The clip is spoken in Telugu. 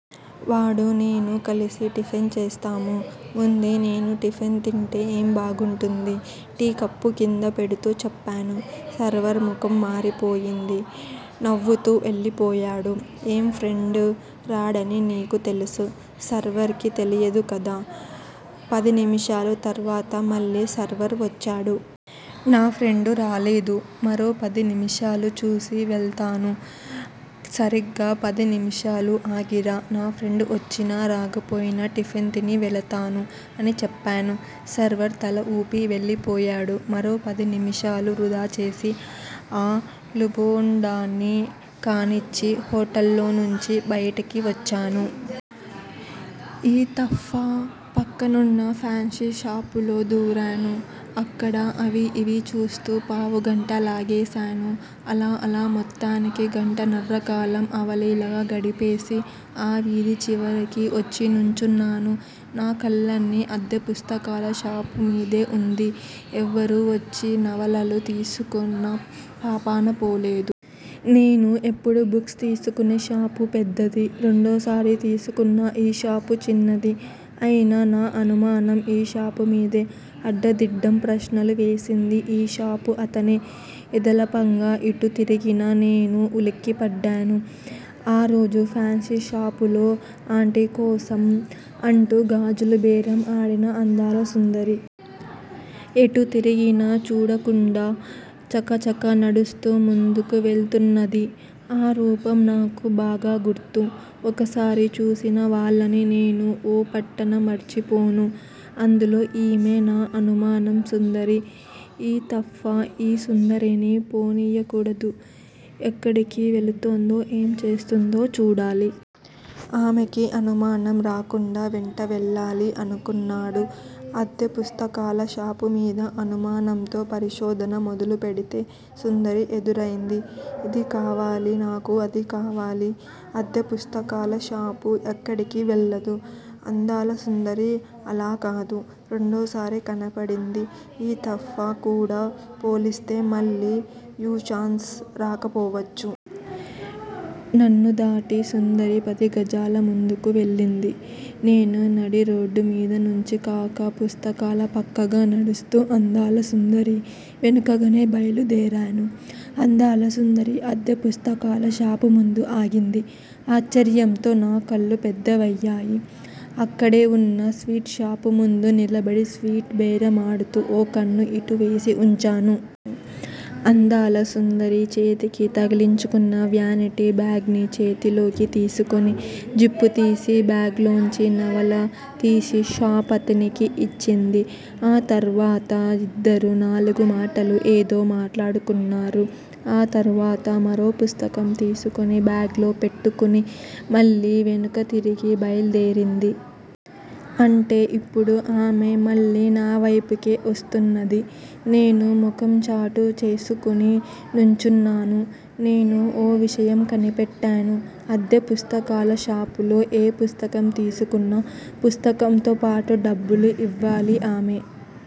వాడూ నేనూ కలిసి టిఫిన్ చేస్తాము. ముందే నేను టిఫిన్ తింటే ఏం బాగుంటుంది! టీ కప్పు కింద పెడుతూ చెప్పాను. సర్వర్ ముఖం మారిపోయింది. నవ్వుతూ వెళ్ళిపోయాడు. ఏ ఫ్రెండూ రాడని నాకు తెలుసు. సర్వర్ కి తెలియదు కదా! పదినిమిషాల తర్వాత మళ్ళీ సర్వర్ వచ్చాడు. నా ఫ్రెండ్ రాలేదు. మరో పది నిమిషాలు చూసి వెళతాను. సరిగ్గా పది నిమిషాలు ఆగిరా. నా ఫ్రెండ్ వచ్చినా రాకపోయినా టిఫెన్ తిని వెళతాను. అని చెప్పాను. సర్వర్ తలవూపి వెళ్ళిపోయాడు. మరో పది నిమిషాలు వృధాచేసి ఆ లూబోండాటీ కానిచ్చి హోటల్లోంచి బైటికి వచ్చాను. ఈ తఫా పక్కనున్న ఫాన్సీషాపులో దూరాను. అక్కడ అవీ ఇవీ చూస్తూ పావుగంట లాగేశాను. అలా అలా మొత్తానికి గంటన్నరకాలం అవలీలగా గడిపేసి ఆ వీధి చివరికి వచ్చి నుంచున్నాను. నా కళ్ళన్నీ అద్దె పుస్తకాల షాపుమీదే వుంది. ఎవరూ వచ్చి నవలలు తీసుకున్న పాపానపోలేదు. నేను ఎప్పుడూ బుక్స్ తీసుకునే షాపు పెద్దది. రెండోసారి తీసుకున్న ఈ షాపు చిన్నది. అయినా నా అనుమానం ఈ షాపుమీదే అడ్డదిడ్డం ప్రశ్నలు వేసింది ఈ షాపు అతనే. ఎదాలాపంగా ఇటు తిరిగిన నేను ఉలిక్కిపడ్డాను. ఆ రోజు ఫాన్సీషాపులో ఆంటీకోసం అంటూ గాజులు బేరం ఆడిన అందాల సుందరి. ఎటూ తిరిగిన చూడకుండా చకచక నడుస్తూ ముందుకు వెళుతున్నది. ఆ రూపం నాకు బాగా గుర్తు. ఓకసారి చూసిన వాళ్ళని నేను ఓ పట్టాన మర్చిపోను. అందులో ఈమె నా అనుమానం సుందరి. ఈ తఫా ఈ సుందరిని పోనీయకూడదు. ఎక్కడికి వెళుతుందో ఏం చేస్తుందో చూడాలి. ఆమెకి అనుమానం రాకుండా వెంట వెళ్ళాలి. అనుకున్నాడు. అద్దె పుస్తకాల షాపుమీద అనుమానంతో పరిశోధన మొదలు పెడితే సుందరి ఎదురయింది. ఇదీ కావాలి నాకు అదీ కావాలి. అద్దె పుస్తకాలషాపు ఎక్కడికీ వెళ్ళదు. అందాల సుందరి అలాకాదు. రెండోసారి కనపడింది. ఈ తఫా కూడా పోనిస్తే మళ్ళీ యీ ఛాన్స్ రాకపోవచ్చు. నన్ను దాటి సుందరి పది గజాలుముందుకు వెళ్ళింది. నేను నడిరోడ్డు మీదనుంచి కాక షాపుల పక్కగా నడుస్తూ అందాల సుందరి వెనుకనే బైలుదేరాను. అందాల సుందరి అద్దె పుస్తకాల షాపుముందు ఆగింది. ఆశ్చర్యంతో నా కళ్ళు పెద్దవి అయ్యాయి. అక్కడేవున్న స్వీట్ షాపుముందు నిలబడి స్వీట్ బేరం ఆడుతూ ఓ కన్ను ఇటు వేసి వుంచాను. అందాల సుందరి చేతికి తగిలించుకున్న వ్యానిటీ బ్యాగ్ ని చేతిలోకి తీసుకుని జిప్పుతీసి బ్యాగ్ లోంచి నవలతీసి షాపు అతనికి ఇచ్చింది. ఆ తర్వాత ఇద్దరూ నాలుగు మాటలు ఏదో మాట్లాడుకున్నారు. ఆ తర్వాత మరో పుస్తకం తీసుకుని బ్యాగ్ లో పెట్టుకుని మళ్ళీ వెనుకతిరిగి బైలుదేరింది. అంటే ఇప్పుడు ఆమె మళ్ళీ నా వేపుకే వస్తున్నది. నేను ముఖం చాటు చేసుకుని నుంచున్నాను. నేను ఓ విషయం కనిపెట్టాను. అద్దె పుస్తకాలషాపులో ఏ పుస్తకం తీసుకున్నా పుస్తకంతో పాటు డబ్బులు ఇవ్వాలి ఆమె